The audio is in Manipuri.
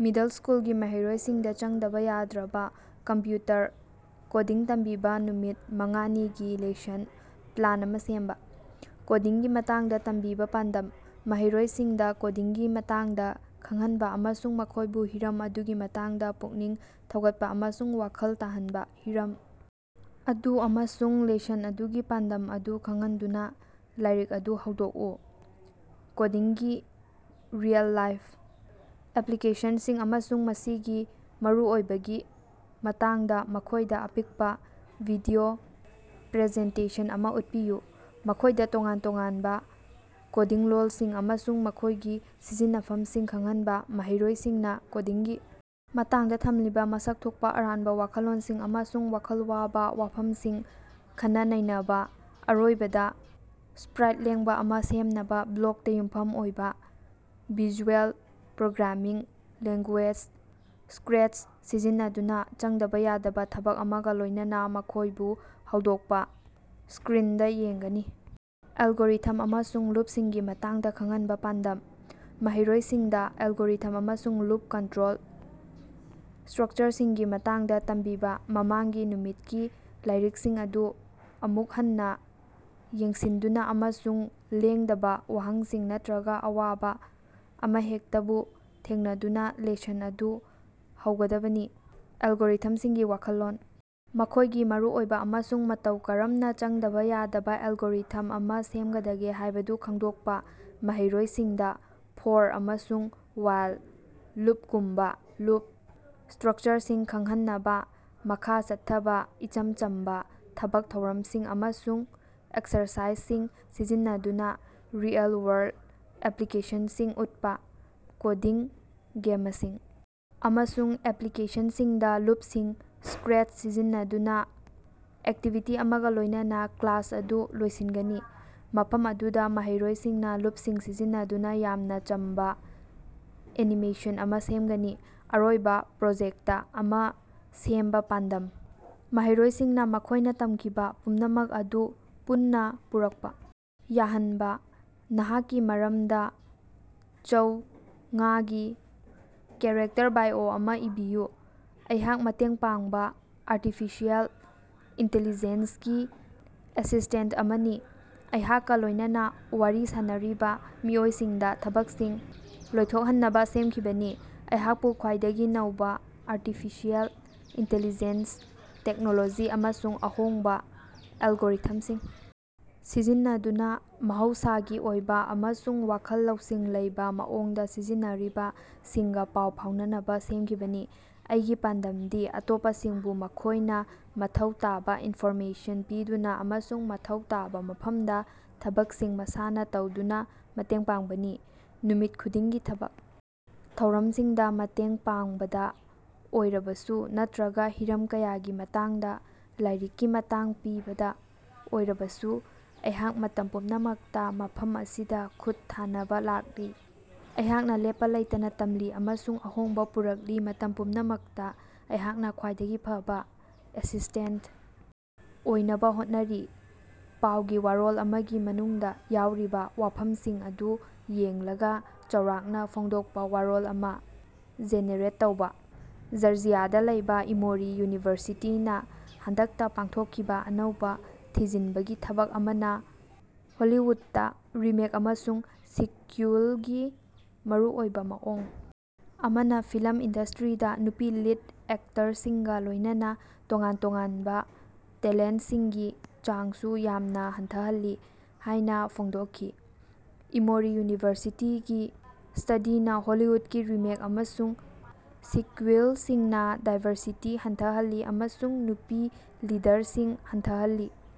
ꯃꯤꯗꯜ ꯁ꯭ꯀꯨꯜꯒꯤ ꯃꯍꯩꯔꯣꯏꯁꯤꯡꯗ ꯆꯪꯗꯕ ꯌꯥꯗ꯭ꯔꯕ ꯀꯝꯄ꯭ꯌꯨꯇꯔ ꯀꯣꯗꯤꯡ ꯇꯝꯕꯤꯕꯥ ꯅꯨꯃꯤꯠ ꯃꯉꯥꯅꯤꯒꯤ ꯂꯦꯁꯟ ꯄ꯭ꯂꯥꯟ ꯑꯃ ꯁꯦꯝꯕ꯫ ꯀꯣꯗꯤꯡꯒꯤ ꯃꯇꯥꯡꯗ ꯇꯝꯕꯤꯕ ꯄꯥꯟꯗꯝ ꯃꯍꯩꯔꯣꯏꯁꯤꯡꯗ ꯀꯣꯗꯤꯡꯒꯤ ꯃꯇꯥꯡꯗ ꯈꯪꯍꯟꯕ ꯑꯃꯁꯨꯡ ꯃꯈꯣꯢꯕꯨ ꯍꯤꯔꯝ ꯑꯗꯨꯒꯤ ꯃꯇꯥꯡꯗ ꯄꯨꯛꯅꯤꯡ ꯊꯧꯒꯠꯄ ꯑꯃꯁꯨꯡ ꯋꯥꯈꯜ ꯇꯥꯍꯟꯕ꯫ ꯍꯤꯔꯝ ꯑꯗꯨ ꯑꯃꯁꯨꯡ ꯂꯦꯁꯟ ꯑꯗꯨꯒꯤ ꯄꯥꯟꯗꯝ ꯑꯗꯨ ꯈꯪꯍꯟꯗꯨꯅꯥ ꯂꯥꯏꯔꯤꯛ ꯑꯗꯨ ꯍꯧꯗꯣꯛꯎ ꯀꯣꯗꯤꯡꯒꯤ ꯔꯤꯑꯦꯜ-ꯂꯥꯏꯐ ꯑꯦꯄ꯭ꯂꯤꯀꯦꯁꯟꯁꯤꯡ ꯑꯃꯁꯨꯡ ꯃꯁꯤꯒꯤ ꯃꯔꯨꯑꯣꯏꯕꯒꯤ ꯃꯇꯥꯡꯗ ꯃꯈꯣꯢꯗ ꯑꯄꯤꯛꯄ ꯚꯤꯗꯤꯑꯣ ꯄ꯭ꯔꯖꯦꯟꯇꯦꯁꯟ ꯑꯃ ꯎꯠꯄꯤꯌꯨ꯫ ꯃꯈꯣꯢꯗ ꯇꯣꯉꯥꯟ-ꯇꯣꯉꯥꯟꯕ ꯀꯣꯗꯤꯡ ꯂꯣꯜꯁꯤꯡ ꯑꯃꯁꯨꯡ ꯃꯈꯣꯢꯒꯤ ꯁꯤꯖꯤꯟꯅꯐꯝꯁꯤꯡ ꯈꯪꯍꯟꯕ ꯃꯍꯩꯔꯣꯢꯁꯤꯡꯅ ꯀꯣꯗꯤꯡꯒꯤ ꯃꯇꯥꯡꯗ ꯊꯝꯂꯤꯕ ꯃꯁꯛ ꯊꯣꯛꯄ ꯑꯔꯥꯟꯕ ꯋꯥꯈꯜꯂꯣꯟꯁꯤꯡ ꯑꯃꯁꯨꯡ ꯋꯥꯈꯜ ꯋꯥꯕ ꯋꯥꯐꯝꯁꯤꯡ ꯈꯟꯅ-ꯅꯩꯅꯕꯥ ꯑꯔꯣꯏꯕꯗ ꯁꯄ꯭ꯔꯥꯏꯠ ꯂꯦꯡꯕ ꯑꯃ ꯁꯦꯝꯅꯕ ꯕ꯭ꯂꯣꯛꯇ ꯌꯨꯝꯐꯝ ꯑꯣꯏꯕ ꯚꯤꯖꯨꯑꯦꯜ ꯄ꯭ꯔꯣꯒ꯭ꯔꯥꯃꯤꯡ ꯂꯦꯡꯒꯨꯌꯦꯖ ꯁꯀ꯭ꯔꯦꯆ ꯁꯤꯖꯤꯟꯅꯗꯨꯅ ꯆꯪꯗꯕ ꯌꯥꯗꯕ ꯊꯕꯛ ꯑꯃꯒ ꯂꯣꯢꯅꯥꯅ ꯃꯈꯣꯢꯕꯨ ꯍꯧꯗꯣꯛꯄꯥ꯫ ꯁꯀ꯭ꯔꯤꯟꯗ ꯌꯦꯡꯒꯅꯤ꯫ ꯑꯦꯜꯒꯣꯔꯤꯊꯝ ꯑꯃꯁꯨꯡ ꯂꯨꯞꯁꯤꯡꯒꯤ ꯃꯇꯥꯡꯗ ꯈꯪꯍꯟꯕ ꯄꯥꯟꯗꯝ ꯃꯍꯩꯔꯣꯢꯁꯤꯡꯗ ꯑꯦꯜꯒꯣꯔꯤꯊꯝ ꯑꯃꯁꯨꯡ ꯂꯨꯞ ꯀꯟꯇ꯭ꯔꯣꯜ ꯁꯇ꯭ꯔꯛꯆꯔꯁꯤꯡꯒꯤ ꯃꯇꯥꯡꯗ ꯇꯝꯕꯤꯕ ꯃꯃꯥꯡꯒꯤ ꯅꯨꯃꯤꯠꯀꯤ ꯂꯥꯏꯔꯤꯛꯁꯤꯡ ꯑꯗꯨ ꯑꯃꯨꯛ ꯍꯟꯅ ꯌꯦꯡꯁꯤꯟꯗꯨꯅ ꯑꯃꯁꯨꯡ ꯂꯦꯡꯗꯕ ꯋꯥꯍꯪꯁꯤꯡ ꯅꯠꯇ꯭ꯔꯒ ꯑꯋꯥꯕꯥ ꯑꯃꯍꯦꯛꯇꯕꯨ ꯊꯦꯡꯅꯗꯨꯅꯥ ꯂꯦꯁꯟ ꯑꯗꯨ ꯍꯧꯒꯗꯕꯅꯤ꯫ ꯑꯦꯜꯒꯣꯔꯤꯊꯝꯁꯤꯡꯒꯤ ꯋꯥꯈꯜꯂꯣꯟ ꯃꯈꯣꯢꯒꯤ ꯃꯔꯨꯑꯣꯏꯕ ꯑꯃꯁꯨꯡ ꯃꯇꯧ ꯀꯔꯝꯅꯆꯪꯗꯕ ꯌꯥꯗꯕ ꯑꯦꯜꯒꯣꯔꯤꯊꯝ ꯑꯃ ꯁꯦꯝꯒꯗꯒꯦ ꯍꯥꯢꯕꯗꯨ ꯈꯪꯗꯣꯛꯄ ꯃꯍꯩꯔꯣꯏꯁꯤꯡꯗ "ꯐꯣꯔ" ꯑꯃꯁꯨꯡ "ꯋꯥꯏꯜ" ꯂꯨꯞꯒꯨꯝꯕꯥ ꯂꯨꯞ ꯁꯇ꯭ꯔꯛꯆꯔꯁꯤꯡ ꯈꯪꯍꯟꯅꯕꯥ ꯃꯈꯥ ꯆꯠꯊꯕ ꯏꯆꯝ ꯆꯝꯕ ꯊꯕꯛ ꯊꯧꯔꯝꯁꯤꯡ ꯑꯃꯁꯨꯡ ꯑꯦꯛꯁꯔꯁꯥꯏꯖꯁꯤꯡ ꯁꯤꯖꯤꯟꯅꯗꯨꯅ ꯔꯤꯑꯦꯜ ꯋꯥꯔꯜꯗ ꯑꯦꯄ꯭ꯂꯤꯀꯦꯁꯟꯁꯤꯡ ꯎꯠꯄꯥ꯫ ꯀꯣꯗꯤꯡ ꯒꯦꯃꯁꯤꯡ ꯑꯃꯁꯨꯡ ꯑꯦꯄ꯭ꯂꯤꯀꯦꯁꯟꯁꯤꯡꯗꯥ ꯂꯨꯞꯁꯤꯡ ꯁꯀ꯭ꯔꯦꯆ ꯁꯤꯖꯤꯟꯅꯗꯨꯅ ꯑꯦꯛꯇꯤꯚꯤꯇꯤ ꯑꯃꯒ ꯂꯣꯢꯅꯅ ꯀ꯭ꯂꯥꯁ ꯑꯗꯨ ꯂꯣꯏꯁꯤꯟꯒꯅꯤ ꯃꯐꯝ ꯑꯗꯨꯗ ꯃꯍꯩꯔꯣꯏꯁꯤꯡꯅ ꯂꯨꯞꯁꯤꯡ ꯁꯤꯖꯤꯟꯅꯗꯨꯅ ꯌꯥꯝꯅ ꯆꯝꯕ ꯑꯦꯅꯤꯃꯦꯁꯟ ꯑꯃ ꯁꯦꯝꯒꯅꯤ꯫ ꯑꯔꯣꯏꯕꯥ ꯄ꯭ꯔꯣꯖꯦꯛꯇ ꯑꯃ ꯁꯦꯝꯕ ꯄꯥꯟꯗꯝ ꯃꯍꯩꯔꯣꯢꯁꯤꯡꯅ ꯃꯈꯣꯢꯅ ꯇꯝꯈꯤꯕ ꯄꯨꯝꯅꯃꯛ ꯑꯗꯨ ꯄꯨꯟꯅ ꯄꯨꯔꯛꯄ ꯌꯥꯍꯟꯕ꯫ ꯅꯍꯥꯛꯀꯤ ꯃꯔꯝꯗ ꯆꯧꯉꯥꯒꯤ ꯀꯦꯔꯦꯛꯇꯔ ꯕꯥꯏꯑꯣ ꯑꯃꯥ ꯏꯕꯤꯌꯨ꯫ ꯑꯩꯍꯥꯛ ꯃꯇꯦꯡ ꯄꯥꯡꯕ ꯑꯥꯔꯇꯤꯐꯤꯁꯤꯑꯦꯜ ꯏꯟꯇꯤꯂꯤꯖꯦꯟꯁ ꯒꯤ ꯑꯦꯁꯤꯁ꯭ꯇꯦꯟꯇ ꯑꯃꯅꯤ ꯑꯩꯍꯥꯛꯀꯥ ꯂꯣꯢꯅꯅꯥ ꯋꯥꯔꯤ ꯁꯥꯅꯔꯤꯕꯥ ꯃꯤꯑꯣꯏꯁꯤꯡꯗꯥ ꯊꯕꯛꯁꯤꯡ ꯂꯣꯏꯊꯣꯛꯍꯟꯅꯕ ꯁꯦꯝꯈꯤꯕꯅꯤ꯫ ꯑꯩꯍꯥꯛꯄꯨ ꯈ꯭ꯋꯥꯏꯗꯒꯤ ꯅꯧꯕꯥ ꯑꯥꯔꯇꯤꯐꯤꯁꯤꯑꯦꯜ ꯏꯟꯇꯤꯂꯤꯖꯦꯟꯁ ꯇꯦꯛꯅꯣꯂꯣꯖꯤ ꯑꯃꯁꯨꯡ ꯑꯍꯣꯡꯕꯥ ꯑꯦꯜꯒꯣꯔꯤꯊꯝꯁꯤꯡ ꯁꯤꯖꯤꯟꯅꯗꯨꯅ ꯃꯍꯧꯁꯥꯒꯤ ꯑꯣꯏꯕ ꯑꯃꯁꯨꯡ ꯋꯥꯈꯜ ꯂꯧꯁꯤꯡ ꯂꯩꯕ ꯃꯑꯣꯡꯗ ꯁꯤꯖꯤꯟꯔꯤꯕ ꯁꯤꯡꯒ ꯄꯥꯎ ꯐꯥꯎꯅꯅꯕꯥ ꯁꯦꯝꯈꯤꯕꯅꯤ꯫ ꯑꯩꯒꯤ ꯄꯥꯟꯗꯝꯗꯤ ꯑꯇꯣꯞꯄꯁꯤꯡꯕꯨ ꯃꯈꯣꯢꯅ ꯃꯊꯧ ꯇꯥꯕ ꯏꯟꯐꯣꯔꯃꯦꯁꯟ ꯄꯤꯗꯨꯅ ꯑꯃꯁꯨꯡ ꯃꯊꯧ ꯇꯥꯕ ꯃꯐꯝꯗꯥ ꯊꯕꯛꯁꯤꯡ ꯃꯁꯥꯅ ꯇꯧꯗꯨꯅ ꯃꯇꯦꯡ ꯄꯥꯡꯕꯅꯤ꯫ ꯅꯨꯃꯤꯠ ꯈꯨꯗꯤꯡꯒꯤ ꯊꯕꯛ ꯊꯧꯔꯝꯁꯤꯡꯗ ꯃꯇꯦꯡ ꯄꯥꯡꯕꯗ ꯑꯣꯏꯔꯕꯁꯨ ꯅꯠꯇ꯭ꯔꯒ ꯍꯤꯔꯝ ꯀꯌꯥꯒꯤ ꯃꯇꯥꯡꯗ ꯂꯥꯏꯔꯤꯛꯀꯤ ꯃꯇꯥꯡ ꯄꯤꯕꯗ ꯑꯣꯏꯔꯕꯁꯨ ꯑꯩꯍꯥꯛ ꯃꯇꯝ ꯄꯨꯝꯅꯃꯛꯇ ꯃꯐꯝ ꯑꯁꯤꯗ ꯈꯨꯠ ꯊꯥꯅꯕ ꯂꯥꯛꯂꯤ꯫ ꯑꯩꯍꯥꯛꯅ ꯂꯦꯞꯄ ꯂꯩꯇꯅ ꯇꯝꯂꯤ ꯑꯃꯁꯨꯡ ꯑꯍꯣꯡꯕ ꯄꯨꯔꯛꯂꯤ ꯃꯇꯝ ꯄꯨꯝꯅꯃꯛꯇ ꯑꯩꯍꯥꯛꯅ ꯈ꯭ꯋꯥꯏꯗꯒꯤ ꯐꯕ ꯑꯦꯁꯤꯁ꯭ꯇꯦꯟꯇ ꯑꯣꯏꯅꯕ ꯍꯣꯠꯅꯔꯤ꯫ ꯄꯥꯎꯒꯤ ꯋꯥꯔꯣꯜ ꯑꯃꯒꯤ ꯃꯅꯨꯡꯗ ꯌꯥꯎꯔꯤꯕꯥ ꯋꯥꯐꯝꯁꯤꯡ ꯑꯗꯨ ꯌꯦꯡꯂꯒ ꯆꯥꯎꯔꯥꯛꯅ ꯐꯣꯡꯗꯣꯛꯄ ꯋꯥꯔꯣꯜ ꯑꯃ ꯖꯦꯅꯦꯔꯦꯠ ꯇꯧꯕ꯫ ꯖꯔꯖꯤꯌꯥꯗꯥ ꯂꯩꯕꯥ ꯏꯃꯣꯔꯤ ꯌꯨꯅꯤꯚꯔꯁꯤꯇꯤ ꯅ ꯍꯟꯗꯛꯇꯥ ꯄꯥꯡꯊꯣꯛꯈꯤꯕ ꯑꯅꯧꯕ ꯊꯤꯖꯤꯟꯕꯒꯤ ꯊꯕꯛ ꯑꯃꯅ ꯍꯣꯂꯤꯋꯨꯗꯇ ꯔꯤꯃꯦꯛ ꯑꯃꯁꯨꯡ ꯁꯤꯀ꯭ꯌꯨꯏꯜꯒꯤ ꯃꯔꯨꯑꯣꯏꯕ ꯃꯑꯣꯡ ꯑꯃꯅ ꯐꯤꯂꯝ ꯏꯟꯗꯁꯇ꯭ꯔꯤꯗꯥ ꯅꯨꯄꯤ ꯂꯤꯗ ꯑꯦꯛꯇꯔꯁꯤꯡꯒ ꯂꯣꯢꯅꯅ ꯇꯣꯉꯥꯟ ꯇꯣꯉꯥꯟꯕ ꯇꯦꯂꯦꯟꯇꯁꯤꯡꯒꯤ ꯆꯥꯡꯁꯨ ꯌꯥꯝꯅ ꯍꯟꯊꯍꯜꯂꯤ ꯍꯥꯢꯅ ꯐꯣꯡꯗꯣꯛꯈꯤ꯫ ꯏꯃꯣꯔꯤ ꯌꯨꯅꯤꯚꯔꯁꯤꯇꯤꯒꯤ ꯁ꯭ꯇꯥꯗꯤꯅ ꯍꯣꯂꯤꯋꯨꯗꯀꯤ ꯔꯤꯃꯦꯛ ꯑꯃꯁꯨꯡ ꯁꯤꯀ꯭ꯌꯨꯏꯂꯁꯤꯡꯅꯥ ꯗꯥꯏꯕꯔꯁꯤꯇꯤ ꯍꯟꯊꯍꯜꯂꯤ ꯑꯃꯁꯨꯡ ꯅꯨꯄꯤ ꯂꯤꯗꯔꯁꯤꯡ ꯍꯟꯊꯍꯜꯂꯤ꯫